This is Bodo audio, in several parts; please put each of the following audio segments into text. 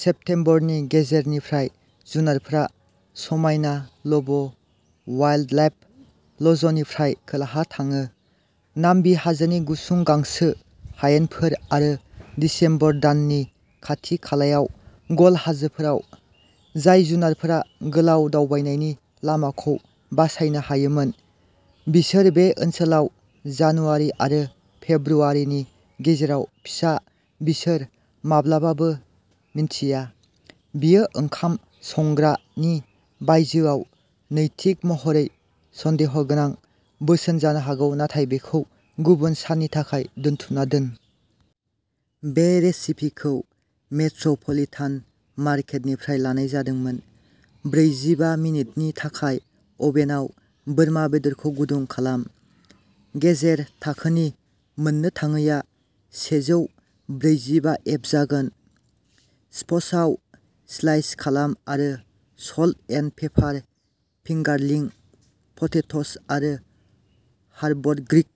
सेप्टेम्बरनि गेजेरनिफ्राय जुनारफोरा समायना लब'वाइल्डलाइफ ल'जनिफ्राय खोलाहा थाङो, नाब्बी हाजोनि गुसुं गांसो हायेनफोर आरो दिसेम्बर दाननि खाथि-खालायाव गल हाजोफोराव। जाय जुनारफोरा गोलाव दावबायनायनि लामाखौ बासायनो हायोमोन, बिसोर बे ओनसोलाव जानुवारि आरो फेब्रुआरिनि गेजेराव फिसा बिसोर माब्लाबाबो मिन्थिया, बेयो ओंखाम संग्रानि बायजोआव नैतिक महरै सन्देहगोनां बोसोन जानो हागौ नाथाय बेखौ गुबुन साननि थाखाय दोनथुमना दोन। बे रेसिपिखौ मेट्र'पलिटान मार्केटनिफ्राय लानाय जादोंमोन। ब्रैजिबा मिनिटनि थाखाय अभेनआव बोरमा बेदरखौ गुदुं खालाम, गेजेर थाखोनि मोननो थाङैआ सेजौ ब्रैजिबा एफ जागोन। चप्सआव स्लाइस खालाम आरो salt and pepper fingerling potatoes आरो हार्बड ग्रीक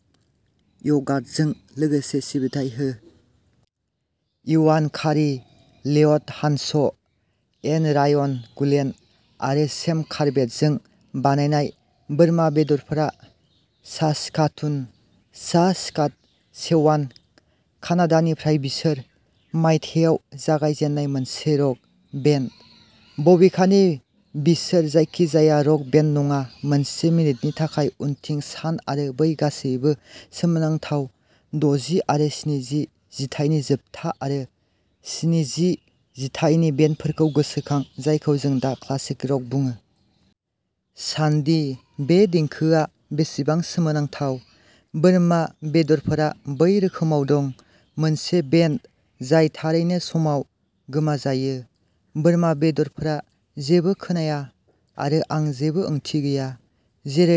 य'गार्टजों लोगोसे सिबिथाय हो। इवान कारि, लिय'ट हानस', एन रायन गुलेन आरो सेम कर्बेटजों बानायनाय बोरमा बेदरफोरा सास्काटुन, सास्काटचेवान, कानाडानिफ्राय बिसोर मायथाइयाव जागायजेन्नाय मोनसे रक बेन्ड। बबेखानि बिसोर जायखिजाया रक बेन्ड नङा। मोनसे मिनिटनि थाखाय उनथिं सान आरो बै गासैबो सोमोनांथाव दजि आरो स्निजि जिथाइनि जोबथा आरो स्निजि जिथाइनि बेन्डफोरखौ गोसोखां, जायखौ जों दा क्लासिक रक बुङो। सानदि बे देंखोआ बेसेबां सोमोनांथाव। बोरमा बेदरफोरा बै रोखोमाव दं। मोनसे बेन्ड जाय थारैनो समाव गोमाजायो, बोरमा बेदरफोरा जेबो खोनाया आरो आं जेबो ओंथि गैया, जेरै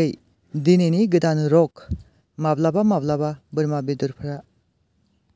दिनैनि गोदान रक। माब्लाबा-माब्लाबा बोरमा बेदरफोरा।